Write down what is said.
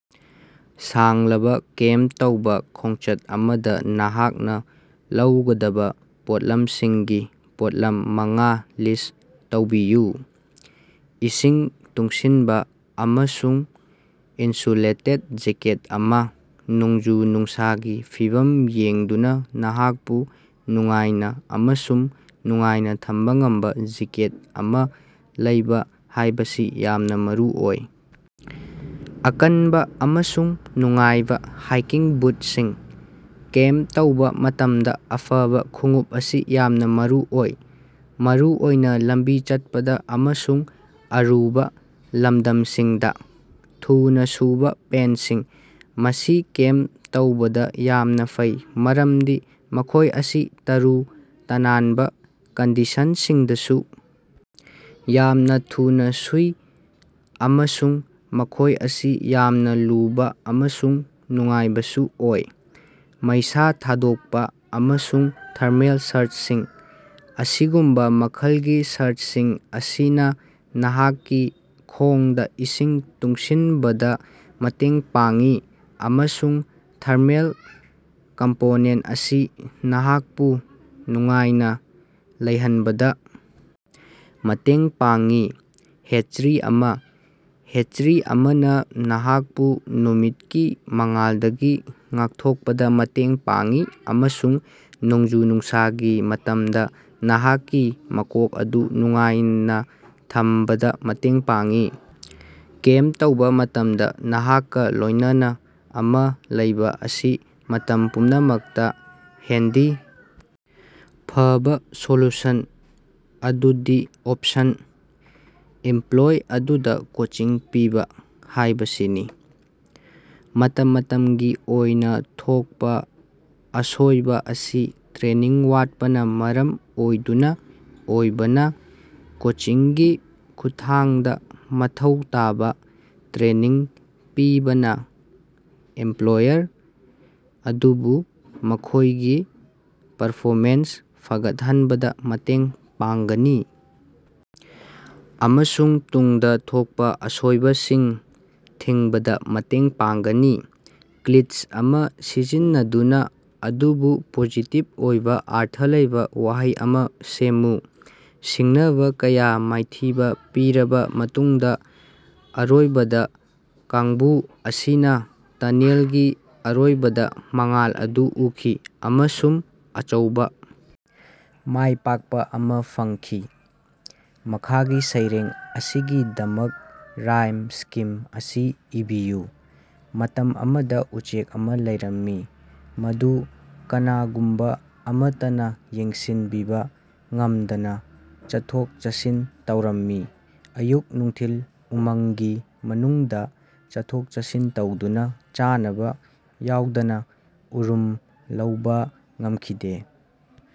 ꯁꯥꯡꯂꯕ ꯀꯦꯝꯞ ꯇꯧꯕ ꯈꯣꯡꯆꯠ ꯑꯃꯗꯥ ꯅꯍꯥꯛꯅ ꯂꯧꯒꯗꯕ ꯄꯣꯠꯂꯝꯁꯤꯡꯒꯤ ꯄꯣꯠꯂꯝ ꯃꯉꯥ ꯂꯤꯁ꯭ꯠ ꯇꯧꯕꯤꯌꯨ꯫ ꯏꯁꯤꯡ ꯇꯨꯡꯁꯤꯟꯕ ꯑꯃꯁꯨꯡ ꯏꯟꯁꯨꯂꯦꯇꯦꯗ ꯖꯦꯀꯦꯠ ꯑꯃꯥ: ꯅꯣꯡꯖꯨ-ꯅꯨꯡꯁꯥꯒꯤ ꯐꯤꯚꯝ ꯌꯦꯡꯗꯅ ꯅꯍꯥꯛꯄꯨ ꯅꯨꯡꯉꯥꯏꯅ ꯑꯃꯁꯨꯡ ꯅꯨꯡꯉꯥꯏꯅ ꯊꯝꯕ ꯉꯝꯕ ꯖꯦꯀꯦꯠ ꯑꯃꯥ ꯂꯩꯕ ꯍꯥꯏꯕꯁꯤ ꯌꯥꯝꯅ ꯃꯔꯨꯑꯣꯏ꯫ ꯑꯀꯟꯕ ꯑꯃꯁꯨꯡ ꯅꯨꯡꯉꯥꯏꯕ ꯍꯥꯏꯀꯤꯡ ꯕꯨꯠꯁꯤꯡ: ꯀꯦꯝꯞ ꯇꯧꯕ ꯃꯇꯝꯗ ꯑꯐꯕ ꯈꯣꯡꯎꯞ ꯑꯁꯤ ꯌꯥꯝꯅ ꯃꯔꯨꯑꯣꯏ, ꯃꯔꯨꯑꯣꯏꯅ ꯂꯝꯕꯤ ꯆꯠꯄꯗ ꯑꯃꯁꯨꯡ ꯑꯔꯨꯕ ꯂꯝꯗꯝꯁꯤꯡꯗ꯫ ꯊꯨꯅ ꯁꯨꯡꯕ ꯄꯦꯟꯠꯁꯤꯡ: ꯃꯁꯤ ꯀꯦꯝꯞ ꯇꯧꯕꯗ ꯌꯥꯝꯅ ꯐꯩ ꯃꯔꯝꯗꯤ ꯃꯈꯣꯏ ꯑꯁꯤ ꯇꯔꯨ ꯇꯅꯥꯟꯕ ꯀꯟꯗꯤꯁꯟꯁꯤꯡꯗꯁꯨ ꯌꯥꯝꯅ ꯊꯨꯅ ꯁꯨꯡꯏ ꯑꯃꯁꯨꯡ ꯃꯈꯣꯏ ꯑꯁꯤ ꯌꯥꯝꯅ ꯂꯨꯕ ꯑꯃꯁꯨꯡ ꯅꯨꯡꯉꯥꯏꯕꯁꯨ ꯑꯣꯏ꯫ ꯃꯩꯁꯥ ꯊꯥꯗꯣꯛꯄꯥ ꯑꯃꯁꯨꯡ ꯊꯔꯃꯦꯜ ꯁꯔꯠꯁꯤꯡ: ꯑꯁꯤꯒꯨꯝꯕ ꯃꯈꯜꯒꯤ ꯁꯔꯠꯁꯤꯡ ꯑꯁꯤꯅ ꯅꯍꯥꯛꯀꯤ ꯈꯣꯡꯗ ꯏꯁꯤꯡ ꯇꯨꯡꯁꯤꯟꯕꯗ ꯃꯇꯦꯡ ꯄꯥꯡꯏ, ꯑꯃꯁꯨꯡ ꯊꯔꯃꯦꯜ ꯀꯝꯄꯣꯅꯦꯟꯇ ꯑꯁꯤꯅ ꯅꯍꯥꯛꯄꯨ ꯅꯨꯡꯉꯥꯏꯅ ꯂꯩꯍꯟꯕꯗ ꯃꯇꯦꯡ ꯄꯥꯡꯏ꯫ ꯍꯦꯠꯆꯔꯤ ꯑꯃꯥ: ꯍꯦꯠꯆꯔꯤ ꯑꯃꯅ ꯅꯍꯥꯛꯄꯨ ꯅꯨꯃꯤꯠꯀꯤ ꯃꯉꯥꯜꯗꯒꯤ ꯉꯥꯛꯊꯣꯛꯄꯗꯥ ꯃꯇꯦꯡ ꯄꯥꯡꯏ ꯑꯃꯁꯨꯡ ꯅꯣꯡꯖꯨ-ꯅꯨꯡꯁꯥꯒꯤ ꯃꯇꯝꯗ ꯅꯍꯥꯛꯀꯤ ꯃꯀꯣꯛ ꯑꯗꯨ ꯅꯨꯡꯉꯥꯏꯅ ꯊꯝꯕꯗ ꯃꯇꯦꯡ ꯄꯥꯡꯏ꯫ ꯀꯦꯝꯞ ꯇꯧꯕ ꯃꯇꯝꯗ ꯅꯍꯥꯛꯀ ꯂꯣꯏꯅꯅ ꯑꯃꯥ ꯂꯩꯕ ꯑꯁꯤ ꯃꯇꯝ ꯄꯨꯝꯅꯃꯛꯇ ꯍꯦꯟꯗꯤ ꯐꯕꯥ ꯁꯣꯂꯨꯁꯟ ꯑꯗꯨꯗꯤ ꯑꯣꯄꯁꯟ: ꯏꯝꯄ꯭ꯂꯣꯌꯤ ꯑꯗꯨꯗ ꯀꯣꯆꯤꯡ ꯄꯤꯕ ꯍꯥꯏꯕꯁꯤꯅꯤ꯫ ꯃꯇꯝ ꯃꯇꯝꯒꯤ ꯑꯣꯏꯅ ꯊꯣꯛꯄꯥ ꯑꯁꯣꯏꯕ ꯑꯁꯤ ꯇ꯭ꯔꯦꯅꯤꯡ ꯋꯥꯠꯄꯅ ꯃꯔꯝ ꯑꯣꯏꯗꯨꯅ ꯑꯣꯏꯕꯅ, ꯀꯣꯆꯤꯡꯒꯤ ꯈꯨꯠꯊꯥꯡꯗ ꯃꯊꯧ ꯇꯥꯕ ꯇ꯭ꯔꯦꯅꯤꯡ ꯄꯤꯕꯅ ꯑꯦꯝꯄ꯭ꯂꯣꯌꯔ ꯑꯗꯨꯕꯨ ꯃꯈꯣꯏꯒꯤ ꯄꯔꯐꯣꯃꯦꯟꯁ ꯐꯒꯠꯍꯟꯕꯗ ꯃꯇꯦꯡ ꯄꯥꯡꯒꯅꯤ ꯑꯃꯁꯨꯡ ꯇꯨꯡꯗ ꯊꯣꯛꯄ ꯑꯁꯣꯏꯕꯁꯤꯡ ꯊꯤꯡꯕꯗ ꯃꯇꯦꯡ ꯄꯥꯡꯒꯅꯤ꯫ ꯀ꯭ꯂꯤꯆ ꯑꯃꯥ ꯁꯤꯖꯤꯟꯅꯗꯨꯅ ꯑꯗꯨꯕꯨ ꯄꯣꯖꯤꯇꯤꯕ ꯑꯣꯏꯕ ꯑꯔꯊ ꯂꯩꯕ ꯋꯥꯍꯩ ꯑꯃ ꯁꯦꯝꯃꯨ꯫ ꯁꯤꯡꯅꯕ ꯀꯌꯥ ꯃꯥꯏꯊꯤꯕ ꯄꯤꯔꯕ ꯃꯇꯨꯡꯗ ꯑꯔꯣꯏꯕꯗ ꯀꯥꯡꯕꯨ ꯑꯁꯤꯅ ꯇꯅꯦꯜꯒꯤ ꯑꯔꯣꯏꯕꯗ ꯃꯉꯥꯜ ꯑꯗꯨ ꯎꯈꯤ ꯑꯃꯁꯨꯡ ꯑꯆꯧꯕ ꯃꯥꯏꯄꯥꯛꯄ ꯑꯃꯥ ꯐꯪꯈꯤ꯫ ꯃꯈꯥꯒꯤ ꯁꯩꯔꯦꯡ ꯑꯁꯤꯒꯤꯗꯃꯛ ꯔꯥꯏꯝ ꯁ꯭ꯀꯤꯝ ꯑꯁꯤ ꯏꯕꯤꯌꯨ꯫ ꯃꯇꯝ ꯑꯃꯗ ꯎꯆꯦꯛ ꯑꯃ ꯂꯩꯔꯝꯃꯤ ꯃꯗꯨ ꯀꯅꯥꯒꯨꯝꯕ ꯑꯃꯠꯇꯅ ꯌꯦꯡꯁꯤꯟꯕꯤꯕ ꯉꯝꯗꯅ ꯆꯠꯊꯣꯛ-ꯆꯠꯁꯤꯟ ꯇꯧꯔꯝꯃꯤ ꯑꯌꯨꯛ-ꯅꯨꯡꯊꯤꯜ ꯎꯃꯪꯒꯤ ꯃꯅꯨꯡꯗ ꯆꯠꯊꯣꯛ-ꯆꯠꯁꯤꯟ ꯇꯧꯗꯨꯅ ꯆꯥꯅꯕ ꯌꯥꯎꯗꯅ ꯎꯔꯨꯝ ꯂꯧꯕ ꯉꯝꯈꯤꯗꯦ꯫